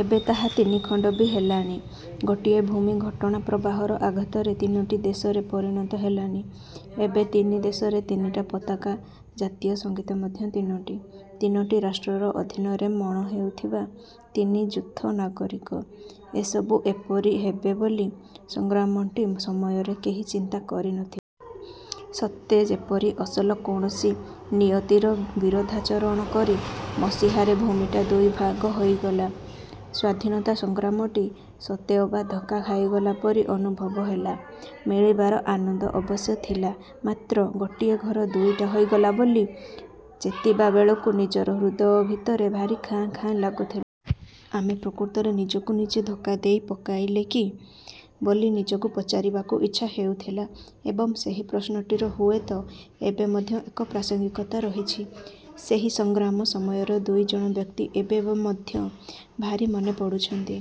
ଏବେ ତାହା ତିନିଖଣ୍ଡ ବି ହେଲାଣି। ଗୋଟିଏ ଭୂମି ଘଟଣାପ୍ରବାହର ଆଘାତରେ ତିନୋଟି ଦେଶରେ ପରିଣତ ହେଲାଣି। ଏବେ ତିନି ଦେଶରେ ତିନିଟା ପତାକା, ଜାତୀୟ ସଂଗୀତ ମଧ୍ୟ ତିନୋଟି। ତିନୋଟି ରାଷ୍ଟ୍ରର ଅଧିନରେ ମଣ ହେଉଥିବା ତିନି ଯୂଥ ନାଗରିକ। ଏସବୁ ଏପରି ହେବେ ବୋଲି ସଂଗ୍ରାମଟି ସମୟରେ କେହି ଚିନ୍ତା କରିନଥି। ସତେଯେପରି ଅସଲ କୌଣସି ନିୟତିର ବିରୋଧାଚରଣ କରି ମସିହାରେ ଭୂମିଟା ଦୁଇଭାଗ ହୋଇଗଲା। ସ୍ୱାଧୀନତା ସଂଗ୍ରାମଟି ସତେ ଅବା ଧକ୍କା ଖାଇଗଲା ପରି ଅନୁଭବ ହେଲା, ମିଳିବାର ଆନନ୍ଦ ଅବଶ୍ୟ ଥିଲା। ମାତ୍ର ଗୋଟିଏ ଘର ଦୁଇଟା ହୋଇଗଲା ବୋଲି ଚେତିବା ବେଳକୁ ନିଜର ହୃଦୟ ଭିତରେ ଭାରି ଖାଁ ଖାଁ ଲାଗୁଥି। ଆମେ ପ୍ରକୃତରେ ନିଜକୁ ନିଜେ ଧୋକା ଦେଇ ପକାଇଲେ କି? ବୋଲି ନିଜକୁ ପଚାରିବାକୁ ଇଚ୍ଛା ହେଉଥିଲା। ଏବଂ ସେହି ପ୍ରଶ୍ନଟିର ହୁଏତ ଏବେ ମଧ୍ୟ ଏକ ପ୍ରାସଙ୍ଗିକତା ରହିଛି। ସେହି ସଂଗ୍ରାମ ସମୟର ଦୁଇଜଣ ବ୍ୟକ୍ତି ଏବେ ବ ମଧ୍ୟ ଭାରି ମନେ ପଡୁଛନ୍ତି।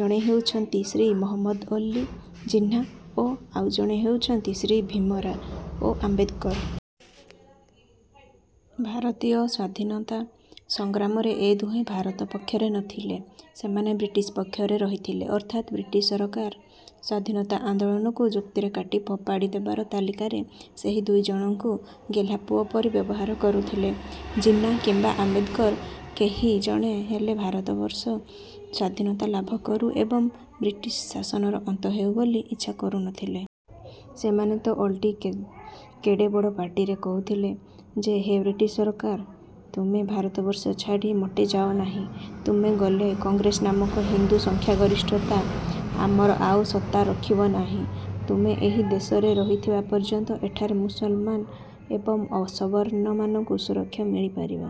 ଜଣେ ହେଉଛନ୍ତି ଶ୍ରୀ ମହମ୍ମଦ ଅଲ୍ଲୀ ଜିନ୍ନା ଓ ଆଉ ଜଣେ ହେଉଛନ୍ତି ଶ୍ରୀ ଭୀମରାଓ ଓ ଆମ୍ବେଦକର। ଭାରତୀୟ ସ୍ଵାଧୀନତା ସଂଗ୍ରାମରେ ଏ ଦୁହେଁ ଭାରତ ପକ୍ଷରେ ନଥିଲେ, ସେମାନେ ବ୍ରିଟିଶ ପକ୍ଷରେ ରହିଥିଲେ। ଅର୍ଥାତ୍ ବ୍ରିଟିଶ୍ ସରକାର ସ୍ୱାଧୀନତା ଆନ୍ଦୋଳନକୁ ଯୁକ୍ତିରେ କାଟି ଫୋପାଡ଼ି ଦେବାର ତାଲିକାରେ ସେହି ଦୁଇଜଣଙ୍କୁ ଗେହ୍ଲାପୁଅ ପରି ବ୍ୟବହାର କରୁଥିଲେ। ଜିନ୍ନା କିମ୍ବା ଆମ୍ବେଦକର କେହି ଜଣେ ହେଲେ ଭାରତବର୍ଷ ସ୍ଵାଧୀନତା ଲାଭ କରୁ ଏବଂ ବ୍ରିଟିଶ ଶାସନର ଅନ୍ତ ହେଉ ବୋଲି ଇଚ୍ଛା କରୁନଥିଲେ। ସେମାନେ ତ ଓଲଟି କେ କେଡ଼େ ବଡ଼ ପାଟିରେ କହୁଥିଲେ ଯେ ହେ ବ୍ରିଟିଶ ସରକାର, ତୁମେ ଭାରତବର୍ଷ ଛାଡ଼ି ମୋଟେ ଯାଅନାହିଁ। ତୁମେ ଗଲେ କଂଗ୍ରେସ ନାମକ ହିନ୍ଦୁ ସଂଖ୍ୟାଗରିଷ୍ଠତା ଆମର ଆଉ ସତ୍ତା ରଖିବ ନାହିଁ। ତୁମେ ଏହି ଦେଶରେ ରହିଥିବା ପର୍ଯ୍ୟନ୍ତ ଏଠାରେ ମୁସଲମାନ ଏବଂ ଅସବର୍ଣ୍ଣ ମାନଙ୍କୁ ସୁରକ୍ଷା ମିଳିପାରିବ।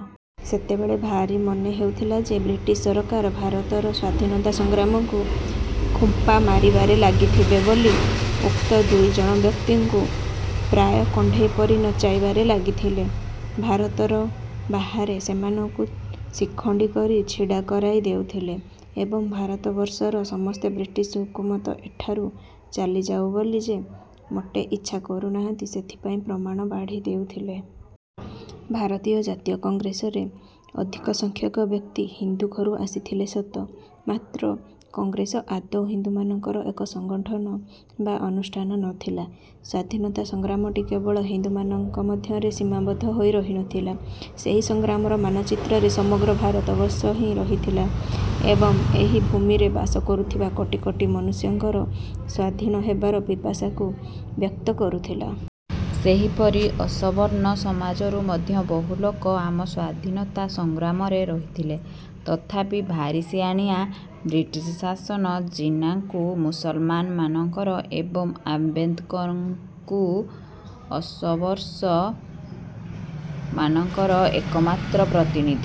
ସେତେବେଳେ ଭାରି ମନେ ହେଉଥିଲା ଯେ, ବ୍ରିଟିଶ ସରକାର ଭାରତର ସ୍ୱାଧୀନତା ସଂଗ୍ରାମକୁ ଖୁମ୍ପା ମାରିବାରେ ଲାଗିଥିବେ ବୋଲି ଉକ୍ତ ଦୁଇଜଣ ବ୍ୟକ୍ତିଙ୍କୁ ପ୍ରାୟ କଣ୍ଢେଇପରି ନଚାଇବାରେ ଲାଗିଥିଲେ। ଭାରତର ବାହାରେ ସେମାନଙ୍କୁ ଶିଖଣ୍ଡୀ କରି ଛିଡ଼ା କରାଇ ଦେଉଥିଲେ ଏବଂ ଭାରତବର୍ଷର ସମସ୍ତେ ବ୍ରିଟିଶ ହୁକୁମତ ଏଠାରୁ ଚାଲିଯାଉ ବୋଲି ଯେ ମୋଟେ ଇଚ୍ଛା କରୁନାହାନ୍ତି, ସେଥିପାଇଁ ପ୍ରମାଣ ବାଢ଼ି ଦେଉଥିଲେ। ଭାରତୀୟ ଜାତୀୟ କଂଗ୍ରେସରେ ଅଧିକ ସଂଖ୍ୟକ ବ୍ୟକ୍ତି ହିନ୍ଦୁ ଘରୁ ଆସିଥିଲେ ସତ, ମାତ୍ର କଂଗ୍ରେସ ଆଦୌ ହିନ୍ଦୁମାନଙ୍କର ଏକ ସଂଗଠନ ବା ଅନୁଷ୍ଠାନ ନଥିଲା। ସ୍ଵାଧୀନତା ସଂଗ୍ରାମଟି କେବଳ ହିନ୍ଦୁମାନଙ୍କ ମଧ୍ୟରେ ସୀମାବଦ୍ଧ ହୋଇ ରହିନଥିଲା ସେହି ସଂଗ୍ରାମର ମାନଚିତ୍ରରେ ସମଗ୍ର ଭାରତବର୍ଷ ହିଁ ରହିଥିଲା ଏବଂ ଏହି ଭୂମିରେ ବାସ କରୁଥିବା କୋଟି କୋଟି ମନୁଷ୍ୟଙ୍କର ସ୍ୱାଧୀନ ହେବାର ପିପାସାକୁ ବ୍ୟକ୍ତ କରୁଥିଲା। ସେହିପରି ଅସବର୍ଣ୍ଣ ସମାଜରୁ ମଧ୍ୟ ବହୁ ଲୋକ ଆମ ସ୍ୱାଧୀନତା ସଂଗ୍ରାମରେ ରହିଥିଲେ ତଥାପି ଭାରି ସିଆଣିଆ ବ୍ରିଟିଶ୍ ଶାସନ ଜିନ୍ନାଙ୍କୁ ମୁସଲମାନ ମାନଙ୍କର ଏବଂ ଆମ୍ବେଦକରଙ୍କୁ ଅସବର୍ଷ ମାନଙ୍କର ଏକମାତ୍ର ପ୍ରତିନିଧି